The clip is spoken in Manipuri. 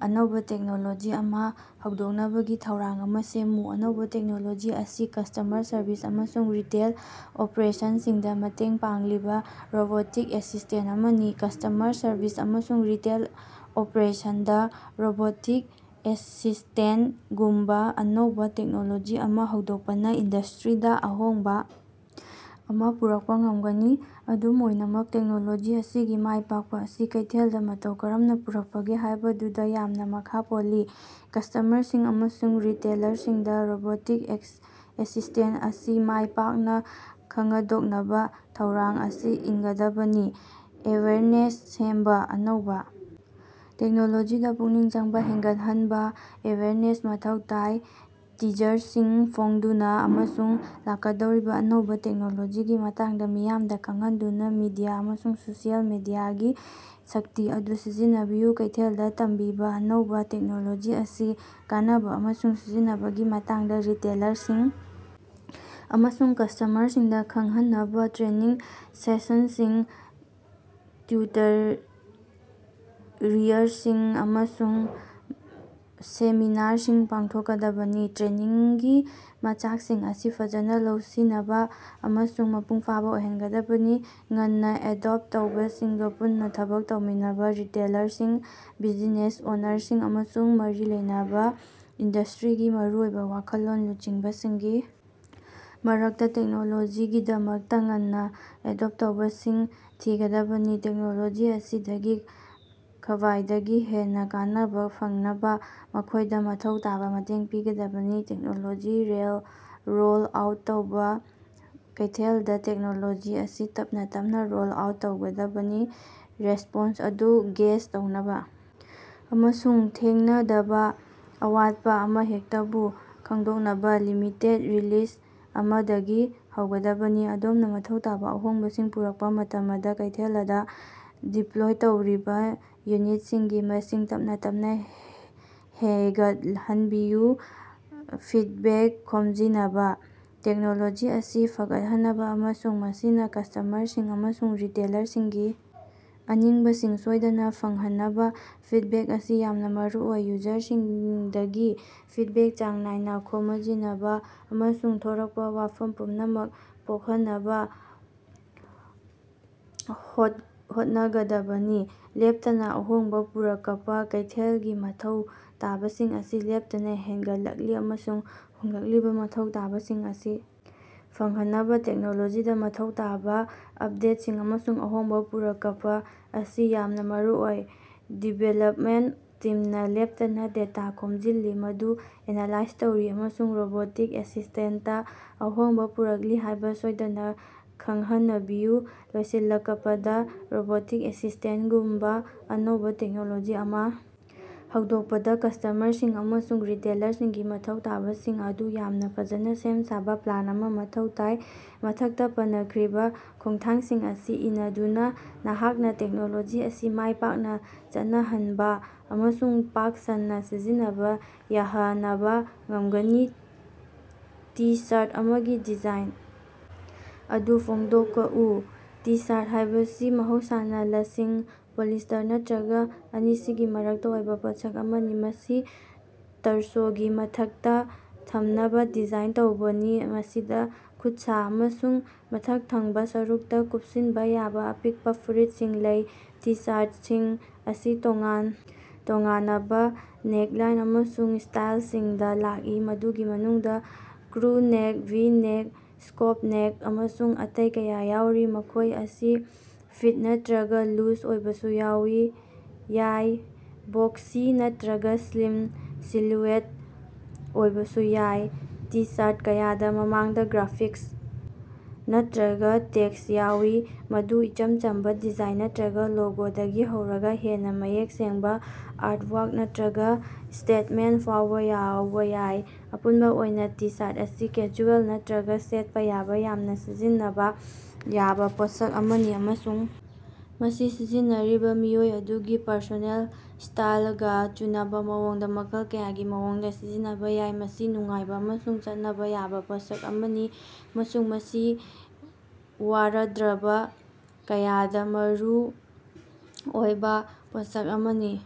ꯑꯅꯧꯕꯥ ꯇꯦꯛꯅꯣꯂꯣꯖꯤ ꯑꯃꯥ ꯍꯧꯗꯣꯛꯅꯕꯒꯤ ꯊꯧꯔꯥꯡ ꯑꯃꯥ ꯁꯦꯝꯃꯨ꯫ ꯑꯅꯧꯕꯥ ꯇꯦꯛꯅꯣꯂꯣꯖꯤ ꯑꯁꯤ ꯀꯁ꯭ꯇꯃꯔ ꯁꯔꯕꯤꯁ ꯑꯃꯁꯨꯡ ꯔꯤꯇꯦꯜ ꯑꯣꯄ꯭ꯔꯦꯁꯟꯁꯤꯡꯗꯥ ꯃꯇꯦꯡ ꯄꯥꯡꯂꯤꯕꯥ ꯔꯣꯕꯣꯇꯤꯛ ꯑꯦꯁꯤꯁꯇꯦꯟ ꯑꯃꯅꯤ꯫ ꯀꯁ꯭ꯇꯃꯔ ꯁꯔꯕꯤꯁ ꯑꯃꯁꯨꯡ ꯔꯤꯇꯦꯜ ꯑꯣꯄ꯭ꯔꯦꯁꯟꯗꯥ ꯔꯣꯕꯣꯇꯤꯛ ꯑꯦꯁꯤꯁ꯭ꯇꯦꯟꯇꯒꯨꯝꯕꯥ ꯑꯅꯧꯕꯥ ꯇꯦꯛꯅꯣꯂꯣꯖꯤ ꯑꯃꯥ ꯍꯧꯗꯣꯛꯄꯅꯥ ꯏꯟꯗꯁꯇ꯭ꯔꯤꯗꯥ ꯑꯍꯣꯡꯕꯥ ꯑꯃꯥ ꯄꯨꯔꯛꯄꯥ ꯉꯝꯒꯅꯤ꯫ ꯑꯗꯨꯝ ꯑꯣꯏꯅꯃꯛ ꯇꯦꯛꯅꯣꯂꯣꯖꯤ ꯑꯁꯤꯒꯤ ꯃꯥꯏ ꯄꯥꯛꯄꯥ ꯑꯁꯤ ꯀꯩꯊꯦꯜꯗꯥ ꯃꯇꯧ ꯀꯔꯝꯅꯥ ꯄꯨꯔꯛꯄꯒꯦ ꯍꯥꯏꯕꯗꯨꯗꯥ ꯌꯥꯝꯅꯥ ꯃꯈꯥ ꯄꯣꯜꯂꯤ꯫ ꯀꯁ꯭ꯇꯃꯔꯁꯤꯡ ꯑꯃꯁꯨꯡ ꯔꯤꯇꯦꯂꯔꯁꯤꯡꯗꯥ ꯔꯣꯕꯣꯇꯤꯛ ꯑꯦꯁꯤꯁꯇꯦꯟ ꯑꯁꯤ ꯃꯥꯏ ꯄꯥꯛꯅꯥ ꯈꯉꯗꯣꯛꯅꯕꯥ ꯊꯧꯔꯥꯡ ꯑꯁꯤ ꯏꯟꯒꯗꯕꯅꯤ꯫ ꯑꯦꯋꯦꯌꯔꯅꯦꯁ ꯁꯦꯝꯕꯥ: ꯑꯅꯧꯕꯥ ꯇꯦꯛꯅꯣꯂꯣꯖꯤꯗꯥ ꯄꯨꯛꯅꯤꯡ ꯆꯪꯕꯥ ꯍꯦꯟꯒꯠꯍꯟꯅꯕꯥ ꯑꯦꯋꯦꯌꯔꯅꯦꯁ ꯃꯊꯧ ꯇꯥꯏ꯫ ꯇꯤꯖꯔꯁꯤꯡ ꯐꯣꯡꯗꯨꯅꯥ ꯑꯃꯁꯨꯡ ꯂꯥꯛꯀꯗꯧꯔꯤꯕꯥ ꯑꯅꯧꯕꯥ ꯇꯦꯛꯅꯣꯂꯣꯖꯤꯒꯤ ꯃꯇꯥꯡꯗꯥ ꯃꯤꯌꯥꯃꯗꯥ ꯈꯡꯍꯟꯗꯨꯅꯥ ꯃꯤꯗꯤꯌꯥ ꯑꯃꯁꯨꯡ ꯁꯣꯁꯤꯌꯦꯜ ꯃꯤꯗꯤꯌꯥꯒꯤ ꯁꯛꯇꯤ ꯑꯗꯨ ꯁꯤꯖꯤꯟꯅꯕꯤꯌꯨ꯫ ꯀꯩꯊꯦꯜꯗꯥ ꯇꯝꯕꯤꯕꯥ: ꯑꯅꯧꯕꯥ ꯇꯦꯛꯅꯣꯂꯣꯖꯤ ꯑꯁꯤꯒꯤ ꯀꯥꯟꯅꯕꯥ ꯑꯃꯁꯨꯡ ꯁꯤꯖꯤꯟꯅꯕꯒꯤ ꯃꯇꯥꯡꯗꯥ ꯔꯤꯇꯦꯂꯔꯁꯤꯡ ꯑꯃꯁꯨꯡ ꯀꯁ꯭ꯇꯃꯔꯁꯤꯡꯗꯥ ꯈꯡꯍꯟꯅꯕꯥ ꯇ꯭ꯔꯦꯅꯤꯡ ꯁꯦꯁꯅꯁꯤꯡ, ꯇ꯭ꯌꯨꯇꯔꯤꯌꯔꯁꯤꯡ, ꯑꯃꯁꯨꯡ ꯁꯦꯃꯤꯅꯥꯔꯁꯤꯡ ꯄꯥꯡꯊꯣꯛꯀꯗꯕꯅꯤ꯫ ꯇ꯭ꯔꯦꯅꯤꯡꯒꯤ ꯃꯆꯥꯛꯁꯤꯡ ꯑꯁꯤ ꯐꯖꯅꯥ ꯂꯧꯁꯤꯅꯕꯥ ꯑꯃꯁꯨꯡ ꯃꯄꯨꯡꯐꯥꯕꯥ ꯑꯣꯏꯍꯟꯒꯗꯕꯅꯤ꯫ ꯉꯟꯅꯥ ꯑꯦꯗꯣꯞꯇ ꯇꯧꯕꯁꯤꯡꯒꯥ ꯄꯨꯟꯅꯥ ꯊꯕꯛ ꯇꯧꯃꯤꯟꯅꯕꯥ: ꯔꯤꯇꯦꯂꯔꯁꯤꯡ, ꯕꯤꯖꯤꯅꯦꯁ ꯑꯣꯅꯔꯁꯤꯡ, ꯑꯃꯁꯨꯡ ꯃꯔꯤ ꯂꯩꯅꯕꯥ ꯏꯟꯗꯁꯇ꯭ꯔꯤꯒꯤ ꯃꯔꯨꯑꯣꯏꯕꯥ ꯋꯥꯈꯜꯂꯣꯟ ꯂꯨꯆꯤꯡꯕꯁꯤꯡꯒꯤ ꯃꯔꯛꯇꯥ ꯇꯦꯛꯅꯣꯂꯣꯖꯤꯒꯤꯗꯃꯛꯇꯥ ꯉꯟꯅꯥ ꯑꯦꯗꯣꯞ ꯇꯧꯕꯁꯤꯡ ꯊꯤꯒꯗꯕꯅꯤ꯫ ꯇꯦꯛꯅꯣꯂꯣꯖꯤ ꯑꯁꯤꯗꯒꯤ ꯈ꯭ꯕꯥꯏꯗꯒꯤ ꯍꯦꯟꯅꯥ ꯀꯥꯟꯅꯕꯥ ꯐꯪꯅꯕꯥ ꯃꯈꯣꯏꯗꯥ ꯃꯊꯧ ꯇꯥꯕꯥ ꯃꯇꯦꯡ ꯄꯤꯒꯗꯕꯅꯤ꯫ ꯇꯦꯛꯅꯣꯂꯣꯖꯤ ꯔꯣꯜ ꯑꯥꯎꯠ ꯇꯧꯕꯥ: ꯀꯩꯊꯦꯂꯗꯥ ꯇꯦꯛꯅꯣꯂꯣꯖꯤ ꯑꯁꯤ ꯇꯞꯅꯥ ꯇꯞꯅꯥ ꯔꯣꯜ ꯑꯥꯎꯠ ꯇꯧꯒꯗꯕꯅꯤ꯫ ꯔꯦꯁ꯭ꯄꯣꯟꯁ ꯑꯗꯨ ꯒꯦꯖ ꯇꯧꯅꯕꯥ ꯑꯃꯁꯨꯡ ꯊꯦꯡꯅꯗꯕꯥ ꯑꯋꯥꯠꯄꯥ ꯑꯃꯍꯦꯛꯇꯕꯨ ꯈꯪꯗꯣꯛꯅꯕꯥ ꯂꯤꯃꯤꯇꯦꯗ ꯔꯤꯂꯤꯖ ꯑꯃꯗꯒꯤ ꯍꯧꯒꯗꯕꯅꯤ꯫ ꯑꯗꯣꯝꯅꯥ ꯃꯊꯧ ꯇꯥꯕꯥ ꯑꯍꯣꯡꯕꯁꯤꯡ ꯄꯨꯔꯛꯄꯥ ꯃꯇꯃꯗꯥ, ꯀꯩꯊꯦꯂꯗꯥ ꯗꯤꯞꯄ꯭ꯂꯣꯏ ꯇꯧꯔꯤꯕꯥ ꯌꯨꯅꯤꯠꯁꯤꯡꯒꯤ ꯃꯁꯤꯡ ꯇꯞꯅꯥ ꯇꯞꯅꯥ ꯍꯦꯒꯠꯍꯟꯕꯤꯌꯨ꯫ ꯐꯤꯗꯕꯦꯛ ꯈꯣꯝꯖꯤꯅꯕꯥ: ꯇꯦꯛꯅꯣꯂꯣꯖꯤ ꯑꯁꯤ ꯐꯒꯠꯍꯟꯅꯕꯥ ꯑꯃꯁꯨꯡ ꯃꯁꯤꯅꯥ ꯀꯁ꯭ꯇꯃꯔꯁꯤꯡ ꯑꯃꯁꯨꯡ ꯔꯤꯇꯦꯂꯔꯁꯤꯡꯒꯤ ꯑꯅꯤꯡꯕꯁꯤꯡ ꯁꯣꯏꯗꯅꯥ ꯐꯪꯍꯟꯅꯕꯥ ꯐꯤꯗꯕꯦꯛ ꯑꯁꯤ ꯌꯥꯝꯅꯥ ꯃꯔꯨꯑꯣꯏ꯫ ꯌꯨꯖꯔꯁꯤꯡꯗꯒꯤ ꯐꯤꯗꯕꯦꯛ ꯆꯥꯡ ꯅꯥꯏꯅꯥ ꯈꯣꯃꯖꯤꯅꯕꯥ ꯑꯃꯁꯨꯡ ꯊꯣꯔꯛꯄꯥ ꯋꯥꯐꯝ ꯄꯨꯝꯅꯃꯛ ꯀꯣꯛꯍꯟꯅꯕꯥ ꯍꯣꯠꯟꯒꯗꯕꯅꯤ ꯫ ꯂꯦꯞꯇꯅꯥ ꯑꯍꯣꯡꯕꯥ ꯄꯨꯔꯀꯄꯥ: ꯀꯩꯊꯦꯜꯒꯤ ꯃꯊꯧ ꯇꯥꯕꯁꯤꯡ ꯑꯁꯤ ꯂꯦꯞꯇꯅꯥ ꯍꯦꯟꯒꯠꯂꯛꯂꯤ, ꯑꯃꯁꯨꯡ ꯍꯣꯡꯂꯛꯂꯤꯕꯥ ꯃꯊꯧ ꯇꯥꯕꯁꯤꯡ ꯑꯁꯤ ꯐꯪꯍꯟꯅꯕꯥ ꯇꯦꯛꯅꯣꯂꯣꯖꯤꯗꯥ ꯃꯊꯧ ꯇꯥꯕꯥ ꯑꯞꯗꯦꯠꯁꯤꯡ ꯑꯃꯁꯨꯡ ꯑꯍꯣꯡꯕꯥ ꯄꯨꯔꯀꯄꯥ ꯑꯁꯤ ꯌꯥꯝꯅꯥ ꯃꯔꯨꯑꯣꯏ꯫ ꯗꯤꯕꯦꯂꯞꯃꯦꯟꯇ ꯇꯤꯝꯅꯥ ꯂꯦꯞꯇꯅꯥ ꯗꯦꯇꯥ ꯈꯣꯝꯖꯤꯜꯂꯤ, ꯃꯗꯨ ꯑꯦꯅꯥꯂꯥꯏꯖ ꯇꯧꯔꯤ, ꯑꯃꯁꯨꯡ ꯔꯣꯕꯣꯇꯤꯛ ꯑꯦꯁꯤꯁꯇꯦꯟꯠꯇꯥ ꯑꯍꯣꯡꯕꯥ ꯄꯨꯔꯛꯂꯤ ꯍꯥꯏꯕꯥ ꯁꯣꯏꯗꯅꯥ ꯈꯡꯍꯅꯕꯤꯌꯨ꯫ ꯂꯣꯏꯁꯤꯜꯂꯀꯄꯗꯥ, ꯔꯣꯕꯣꯇꯤꯛ ꯑꯦꯁꯤꯁꯇꯦꯟꯠꯒꯨꯝꯕꯥ ꯑꯅꯧꯕꯥ ꯇꯦꯛꯅꯣꯂꯣꯖꯤ ꯑꯃꯥ ꯍꯧꯗꯣꯛꯄꯗꯥ ꯀꯁ꯭ꯇꯃꯔꯁꯤꯡ ꯑꯃꯁꯨꯡ ꯔꯤꯇꯦꯂꯔꯁꯤꯡꯒꯤ ꯃꯊꯧ ꯇꯥꯕꯁꯤꯡ ꯑꯗꯨ ꯌꯥꯝꯅꯥ ꯐꯖꯅꯥ ꯁꯦꯝ ꯁꯥꯕꯥ ꯄ꯭ꯂꯥꯟ ꯑꯃꯥ ꯃꯊꯧ ꯇꯥꯏ꯫ ꯃꯊꯛꯇꯥ ꯄꯅꯈ꯭ꯔꯤꯕꯥ ꯈꯣꯡꯊꯥꯡꯁꯤꯡ ꯑꯁꯤ ꯏꯅꯗꯨꯅꯥ, ꯅꯍꯥꯛꯅꯥ ꯇꯦꯛꯅꯣꯂꯣꯖꯤ ꯑꯁꯤ ꯃꯥꯏꯄꯥꯛꯅꯥ ꯆꯠꯅꯍꯟꯕꯥ ꯑꯃꯁꯨꯡ ꯄꯥꯛ-ꯁꯟꯅꯥ ꯁꯤꯖꯤꯟꯅꯕꯥ ꯌꯥꯍꯅꯕꯥ ꯉꯝꯒꯅꯤ꯫ ꯇꯤ-ꯁꯥꯔꯠ ꯑꯃꯒꯤ ꯗꯤꯖꯥꯏꯟ ꯑꯗꯨ ꯐꯣꯡꯗꯣꯀꯎ꯫ ꯇꯤ-ꯁꯥꯔꯠ ꯍꯥꯏꯕꯁꯤ ꯃꯍꯧꯁꯥꯅꯥ ꯂꯁꯤꯡ, ꯄꯣꯂꯤꯁꯇꯔ ꯅꯠꯇ꯭ꯔꯒꯥ ꯑꯅꯤꯁꯤꯒꯤ ꯃꯔꯛꯇꯥ ꯑꯣꯏꯕꯥ ꯄꯣꯠꯁꯛ ꯑꯃꯅꯤ꯫ ꯃꯁꯤ ꯇꯔꯁꯣꯒꯤ ꯃꯊꯛꯇꯥ ꯊꯝꯅꯕꯥ ꯗꯤꯖꯥꯏꯟ ꯇꯧꯕꯅꯤ, ꯃꯁꯤꯗꯥ ꯈꯨꯠꯁꯥ ꯑꯃꯁꯨꯡ ꯃꯊꯛ ꯊꯪꯕꯥ ꯁꯔꯨꯛꯇꯥ ꯀꯨꯞꯁꯤꯟꯕꯥ ꯌꯥꯕꯥ ꯑꯄꯤꯡꯄꯥ ꯐꯨꯔꯤꯠꯁꯤꯡ ꯂꯩ꯫ ꯇꯤ-ꯁꯥꯔꯇꯁꯤꯡ ꯑꯁꯤ ꯇꯣꯉꯥꯟ ꯇꯣꯉꯥꯅꯕꯥ ꯅꯦꯛꯂꯥꯏꯟ ꯑꯃꯁꯨꯡ ꯁ꯭ꯇꯥꯏꯂꯁꯤꯡꯗꯥ ꯂꯥꯛꯏ, ꯃꯗꯨꯒꯤ ꯃꯅꯨꯡꯗꯥ crew neck, V neck, scoop neck, ꯑꯃꯁꯨꯡ ꯑꯇꯩ ꯀꯌꯥ ꯌꯥꯎꯔꯤ꯫ ꯃꯈꯣꯌ ꯑꯁꯤ ꯐꯤꯠ ꯅꯠꯇ꯭ꯔꯒꯥ ꯂꯨꯖ ꯑꯣꯏꯕꯁꯨ ꯌꯥꯏ, ꯕꯣꯛꯁꯤ ꯅꯠꯇ꯭ꯔꯒꯥ ꯁ꯭ꯂꯤꯝ ꯁꯤꯂꯨꯋꯦꯠ ꯑꯣꯏꯕꯁꯨ ꯌꯥꯏ꯫ ꯇꯤ-ꯁꯥꯔꯠ ꯀꯌꯥꯗꯥ ꯃꯃꯥꯡꯗꯥ ꯒ꯭ꯔꯥꯐꯤꯛꯁ ꯅꯠꯇ꯭ꯔꯒꯥ ꯇꯦꯛꯁ ꯌꯥꯎꯏ, ꯃꯗꯨ ꯏꯆꯝ ꯆꯝꯕꯥ ꯗꯤꯖꯥꯏꯟ ꯅꯠꯇ꯭ꯔꯒꯥ ꯂꯣꯒꯣꯗꯒꯤ ꯍꯧꯔꯒꯥ ꯍꯦꯟꯅꯥ ꯃꯌꯦꯛ ꯁꯦꯡꯕꯥ ꯑꯥꯔꯠꯋꯥꯛ ꯅꯠꯇ꯭ꯔꯒꯥ ꯁ꯭ꯇꯦꯠꯃꯦꯟ꯭ꯇ ꯐꯥꯎꯕꯥ ꯌꯥꯎꯕꯥ ꯌꯥꯏ꯫ ꯑꯄꯨꯟꯕꯥ ꯑꯣꯏꯅꯥ ꯇꯤ-ꯁꯥꯔꯠ ꯑꯁꯤ ꯀꯦꯖꯨꯑꯦꯜ ꯅꯠꯇ꯭ꯔꯒꯥ ꯁꯦꯠꯄꯥ ꯌꯥꯕꯥ ꯌꯥꯝꯅꯥ ꯁꯤꯖꯤꯟꯅꯕꯥ ꯌꯥꯕꯥ ꯄꯣꯠꯁꯛ ꯑꯃꯅꯤ, ꯑꯃꯁꯨꯡ ꯃꯁꯤ ꯁꯤꯖꯤꯟꯅꯔꯤꯕꯥ ꯃꯤꯑꯣꯏ ꯑꯗꯨꯒꯤ ꯄꯔꯁꯣꯅꯦꯜ ꯁ꯭ꯇꯥꯏꯂꯒꯥ ꯆꯨꯅꯕꯥ ꯃꯑꯣꯡꯗꯥ ꯃꯈꯜ ꯀꯌꯥꯒꯤ ꯃꯑꯣꯡꯗꯥ ꯁꯤꯖꯤꯟꯅꯕꯥ ꯌꯥꯏ꯫ ꯃꯁꯤ ꯅꯨꯡꯉꯥꯏꯕꯥ ꯑꯃꯁꯨꯡ ꯆꯠꯅꯕꯥ ꯌꯥꯕꯥ ꯄꯣꯠꯁꯛ ꯑꯃꯅꯤ ꯑꯃꯁꯨꯡ ꯃꯁꯤ ꯋꯥꯔꯗ꯭ꯔꯕ ꯀꯌꯥꯗꯥ ꯃꯔꯨ ꯑꯣꯏꯕꯥ ꯄꯣꯠꯁꯛ ꯑꯃꯅꯤ꯫